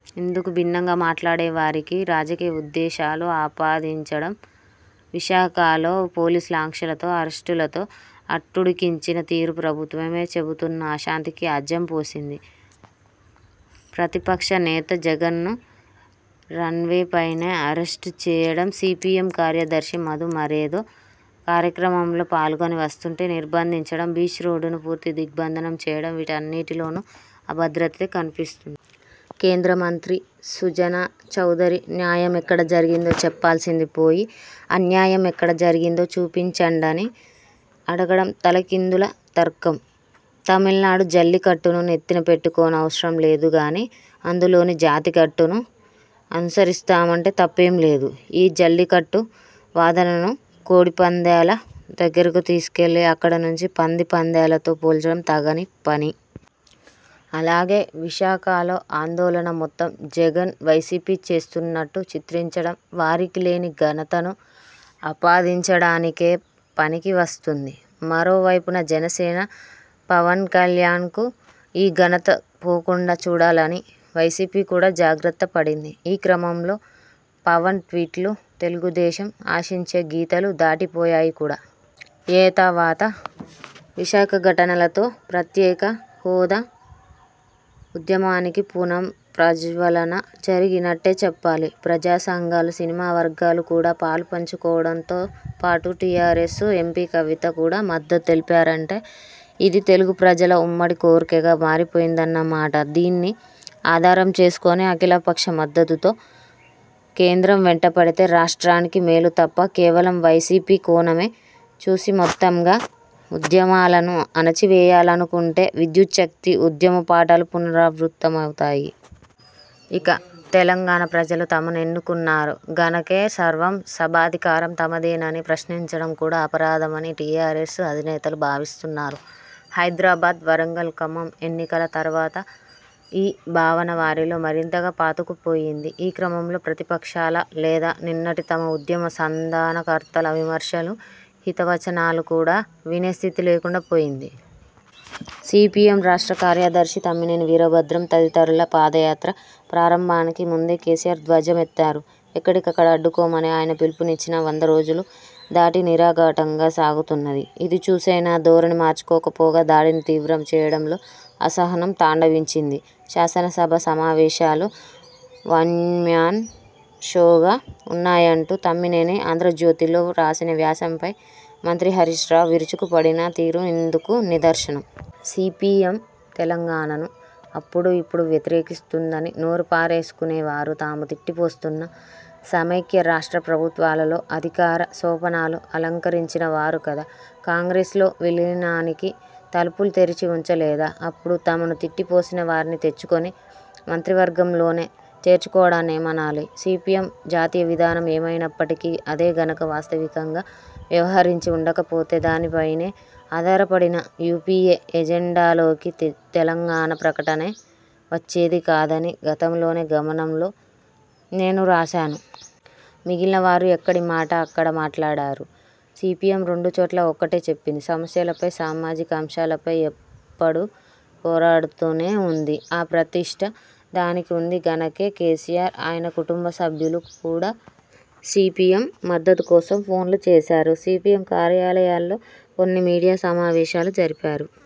ఇందుకు భిన్నంగా మాట్లాడేవారికి రాజకీయ ఉద్దేశాలు ఆపాదించడం, విశాఖలో పోలీసు ఆంక్షలతో అరెస్టులతో అట్టుడికించిన తీరు ప్రభుత్వమే చెబుతున్న అశాంతికి ఆజ్యం పోసింది. ప్రతిపక్ష నేత జగన్ను రన్వేపైనే అరెస్టు చేయడం, సీపీఎం కార్యదర్శి మధు మరేదో కార్యక్రమంలో పాల్గొని వస్తుంటే నిర్బంధించడం, బీచ్ రోడ్డును పూర్తి దిగ్బంధనం చేయడం వీటన్నిటిలోనూ అభద్రతే కనిపిస్తుంది. కేంద్ర మంత్రి సుజనా చౌదరి న్యాయం ఎక్కడ జరిగిందో చెప్పాల్సింది పోయి అన్యాయం ఎక్కడ జరిగిందో చూపించండని అడగడం తలకిందుల తర్కం. తమిళనాడు జల్లికట్టును నెత్తినపెట్టుకోనవసరం లేదు గాని అందులోని జాతికట్టును అనుసరిస్తామంటే తప్పేం లేదు. ఈ జల్లికట్టు వాదనను కోడిపందేల దగ్గరకు తీసుకెళ్లి అక్కడ నుంచి పంది పందేలతో పోల్చడం తగని పని. అలాగే విశాఖలో ఆందోళన మొత్తం జగన్ వైసీపీ చేస్తున్నట్టు చిత్రించడం వారికి లేని ఘనతను ఆపాదించడానికే పనికి వస్తుంది. మరోవైపున జనసేన పవన్కళ్యాణ్కు ఈ ఘనత పోకుండా చూడాలని వైసీపీ కూడా జాగ్రత్త పడింది. ఈ క్రమంలో పవన్ ట్వీట్లు తెలుగుదేశం ఆశించే గీతలు దాటిపోయాయి కూడా. ఏతావాతా విశాఖ ఘటనలతో ప్రత్యేక హాదా ఉద్యమానికి పునః ప్రజ్వలన జరిగినట్టే చెప్పాలి. ప్రజా సంఘాలు, సినిమా వర్గాలు కూడా పాలుపంచుకోవడంతో పాటు టీఆర్ఎస్ ఎంపీ కవిత కూడా మద్దతు తెలిపారంటే ఇది తెలుగు ప్రజల ఉమ్మడి కోర్కెగా మారిపోయిందన్నమాట. దీన్ని ఆధారం చేసుకుని అఖిలపక్ష మద్దతుతో కేంద్రం వెంటపడితే రాష్ర్టానికి మేలు తప్ప కేవలం వైసీపీ కోణమే చూసి మొత్తంగా ఉద్యమాలను అణచివేయాలనుకుంటే విద్యుచ్ఛక్తి ఉద్యమ పాఠాలు పునరావృతమవుతాయి. ఇక తెలంగాణ ప్రజలు తమను ఎన్నుకున్నారు గనకే సర్వం సభాధికారం తమదేనని ప్రశ్నించడం కూడా అపరాధమని టీఆర్ఎస్ అధినేతలు భావిస్తున్నారు. హైదరాబాద్, వరంగల్, ఖమ్మం ఎన్నికల తర్వాత ఈ భావన వారిలో మరింతగా పాతుకుపోయింది. ఈ క్రమంలో ప్రతిపక్షాల లేదా నిన్నటి తమ ఉద్యమ సంధానకర్తల విమర్శలు హితవచనాలు కూడా వినే స్థితి లేకుండా పోయింది. సీపీఎం రాష్ట్ర కార్యదర్శి తమ్మినేని వీరభద్రం తదితరుల పాదయాత్ర ప్రారంభానికి ముందే కేసీఆర్ ధ్వజమెత్తారు. ఎక్కడికక్కడ అడ్డుకోమని ఆయన పిలుపునిచ్చినా వందరోజులు దాటి నిరాఘాటంగా సాగుతున్నది. ఇది చూసైనా ధోరణి మార్చుకోకపోగా దాడిని తీవ్రం చేయడంలో అసహనం తాండవించింది. శాసనసభ సమావేశాలు వన్మ్యాన్ షోగా వున్నాయంటూ తమ్మినేని ఆంధ్రజ్యోతిలో రాసిన వ్యాసంపై మంత్రి హరీశ్ రావు విరుచుకుపడిన తీరు ఇందుకు నిదర్శనం. సీపీఎం తెలంగాణను అప్పుడూ ఇప్పుడూ వ్యతిరేకిస్తుందని నోరు పారేసుకునే వారు తాము తిట్టిపోస్తున్న సమైక్య రాష్ట్ర ప్రభుత్వాలలో అధికార సోపానాలు అలంకరించిన వారు కాదా? కాంగ్రెస్లో విలీనానికి తలుపులు తెరిచి వుంచలేదా? అప్పుడు తమను తిట్టిసోసిన వారిని తెచ్చుకుని మంత్రివర్గంలోనే చేర్చుకోవడాన్ని ఏమనాలి? సీపీఎం జాతీయ విధానం ఏమైనప్పటికీ అదే గనక వాస్తవికంగా వ్యవహరించి వుండకపోతే దానిపైనే ఆధారపడిన యూపీఏ– ఎజెండాలోకి తెలంగాణ ప్రకటనే వచ్చేది కాదని గతంలోనే గమనంలో నేను రాశాను. మిగిలిన వారు ఎక్కడి మాట అక్కడ మాట్లాడారు. సీపీఎం రెండు చోట్ల ఒకటే చెప్పింది. సమస్యలపై సామాజికాంశాలపై ఎప్పడూ పోరాడుతూనే వుంది. ఆ ప్రతిష్ట దానికి వుంది గనకే కేసీఆర్ ఆయన కుటుంబసభ్యులు కూడా సీపీఎం మద్దతు కోసం ఫోన్లు చేశారు. సీపీఎం కార్యాలయాల్లో కొన్ని మీడియా సమావేశాలు జరిపారు.